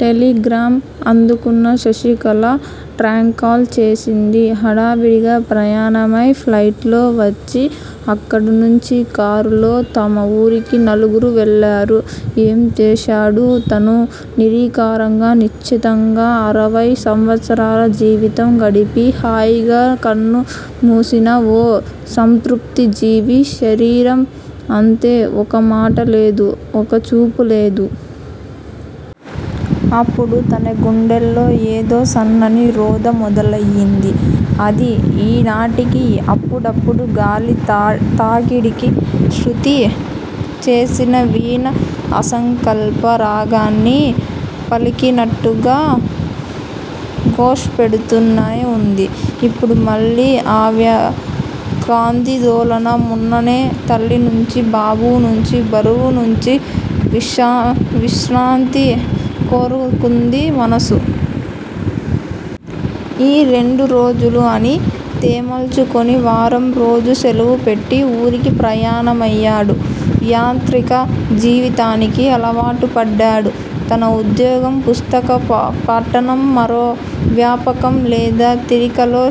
Telegram అందుకున్న Sasikala trunk call చేసింది. హడావుడిగా ప్రయాణమై ఫ్లైట్ లో వచ్చి అక్కడ నుంచి కారులో తమ ఊరికి నలుగురూ వెళ్ళేరు. ఏం చూశాడు తను నిరికారంగా నిశ్చింతగా అరవై సంవత్సరాల జీవితం గడిపి హాయిగా కన్ను మూసిన ఓ సంతృప్తి జివి. శరీరం అంతే- ఒకమాటలేదు ఒక చూపులేదు. అప్పుడె తన గుండెల్లో ఏదో సన్నని రోద మొదలైంది. అది ఈ నాటికీ అప్పుడప్పుడు గాలి తాకిడికి శృతి చేసిన వీణ అసంకల్ప రాగాన్ని పలికినట్టుగా ఘోష పెడుతూనే వుంది. ఇప్పుడు మళ్ళీ అవ్య క్తాందోళన మొన్ననే తల్లి నుంచి జాబు వచ్చింది. బరువు నుంచి విశ్రాంతి కోరుతుంది మనస్సు. ఈ రెండు రోజులు అన్నీ తెమల్చుకొని వారం రోజులు సెలవు పెట్టి ఊరికి ప్రయాణమయ్యాడు. యాంత్రిక జీవితానికి అలవాటు పడ్డాడు. తను ఉద్యోగం పుస్తక పఠనం మరో వ్యాపకం లేదు తిరికలో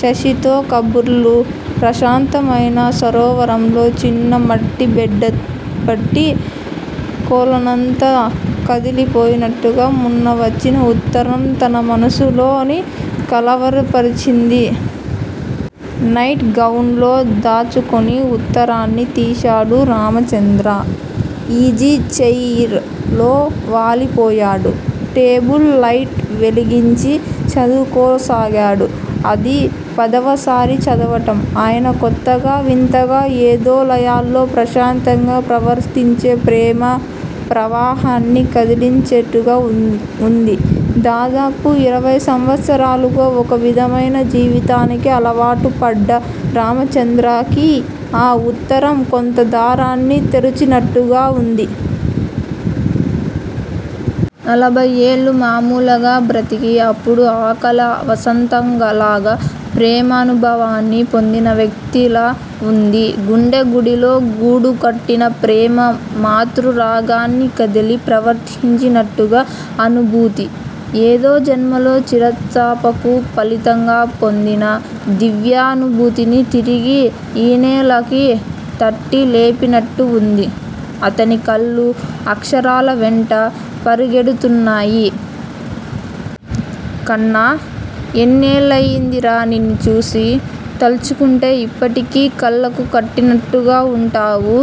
శశితో కబుర్లు. ప్రశాంతమైన సరోవరంలో చిన్న మట్టి బెడ్డపడి కొలనంతా కదలిపోయినట్లుగా మొన్న వచ్చిన ఉత్తరం తన మనస్సుని కలవరపరచింది. నైట్ గవున్ లో దాచుకున్న ఉత్తరాన్ని తీశాడు రామచంద్ర. ఈజీ చెయిర్ లో వాలిపోయాడు. టేబుల్ లైట్ వెలిగించి చదువుకోసాగాడు. అది పదవసారి చదవటం అయినా కొత్తగా వింతగా ఎదలోయాల్లో ప్రశాంతంగా ప్రవహించే ప్రేమ ప్రవాహాన్ని కదిలించేట్టుగా ఉంది. దాదాపు ఇరవై సంవత్సరాలుగా ఒక విధమైన జీవితానికి అలవాటు పడ్డ రామచంద్రకి ఆ ఉత్తరం కొత్త దారాన్ని తెరచినట్టుగా వుంది. నలభైయేళ్ళు మాములుగా బ్రతికి అప్పుడు అకాల వసంతంలాగా ప్రేమానుభవాన్ని పొందిన వ్యక్తిలా ఉంది. గుండె గుడిలో గూడు కట్టిన ప్రేమ మాతృరాగానికి కదలి ప్రవహించినట్టుగా అనుభూతి. ఏదో జన్మలో చిరతపస్సుకు ఫలితంగా పొందిన దివ్యానుభుతిని తిరిగి యిన్నేళ్ళకి తట్టి లేపినట్టుగా వుంది. అతని కళ్ళు అక్షరాల వెంట పరిగెడుతున్నాయి. కన్నా! ఎన్నేళ్ళయిందిరా నిన్ను చూసి. తలుచుకుంటే ఇప్పటికి కళ్ళకు కట్టినట్లుగా వుంటావు.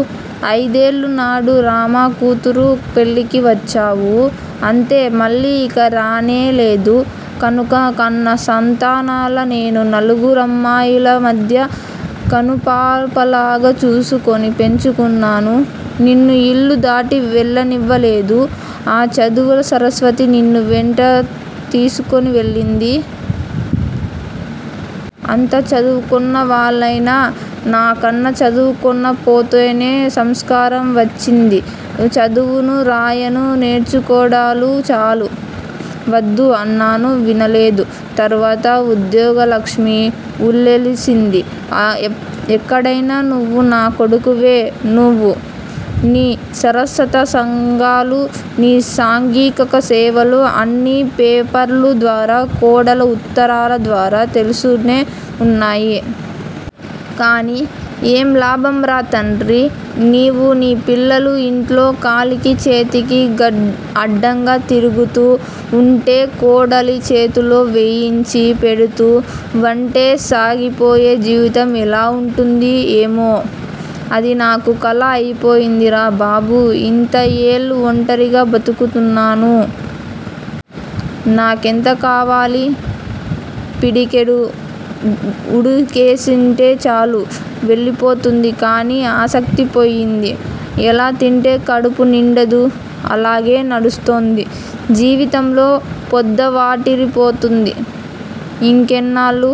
అయిదేళ్ళ నాడు రమ కూతురి పెళ్ళికి వచ్చావు. అంతే మళ్ళీ యిక రానేలేదు. కానక కన్న సంతానంలా నేను నలుగురమ్మాయిల మధ్య కనుపాపలాగా చూసుకొని పెంచుకున్నాను. నిన్ను యిల్లు దాటి వెళ్ళనివలేదు. ఆ చదువుల సరస్వతి నిన్ను వెంటేసుకుని వెళ్ళింది. అంతా చదువుకొన్నవాళ్ళేనా! నా కన్న చదువుకోనక పోతేనేం సంస్కారం వచ్చింది చదవను రాయను నేర్చుకున్నాడు చాలు. వద్దు అన్నాను వినలేదు. తరువాత ఉద్యోగలక్ష్మి ఉల్లేలిస్తోంది. ఎక్కడున్నా నువు నా కొడుకువే నువు, నీ సారసత సంఘాలు, నీ సాంఘిక సేవలు అన్నీ పేపర్ల ద్వారా కోడలి ఉత్తరాల ద్వారా తెలుస్తూనే వున్నాయి. కానీ ఏం లాభం రా తండ్రి! నీవు నీ పిల్లలు యింట్లో కాలికి చేతికి అడ్డంగా తిరుగుతూ ఉంటె కోడలి చేత్తో వేయించి పెడుతూ వుంటే సాగిపోయే జీవితం ఎలా వుంటుంది? ఏమో? అది నాకు 'కల' అయిపొయిందిరా బాబూ ఇంత యిల్లు ఒంటరిగా బతుకుతున్నాను. నాకెంత కావాలి? పిడికెడు ఉడకేసుకుంటే చాలు వెళ్ళిపోతుంది కానీ, ఆసక్తి పోయింది. ఎలా తింటే కడుపు నిండదు! అలాగే నడుస్తోంది. జీవితంలో పొద్దువాటారిపోతోంది. ఇంకెన్నాళ్ళు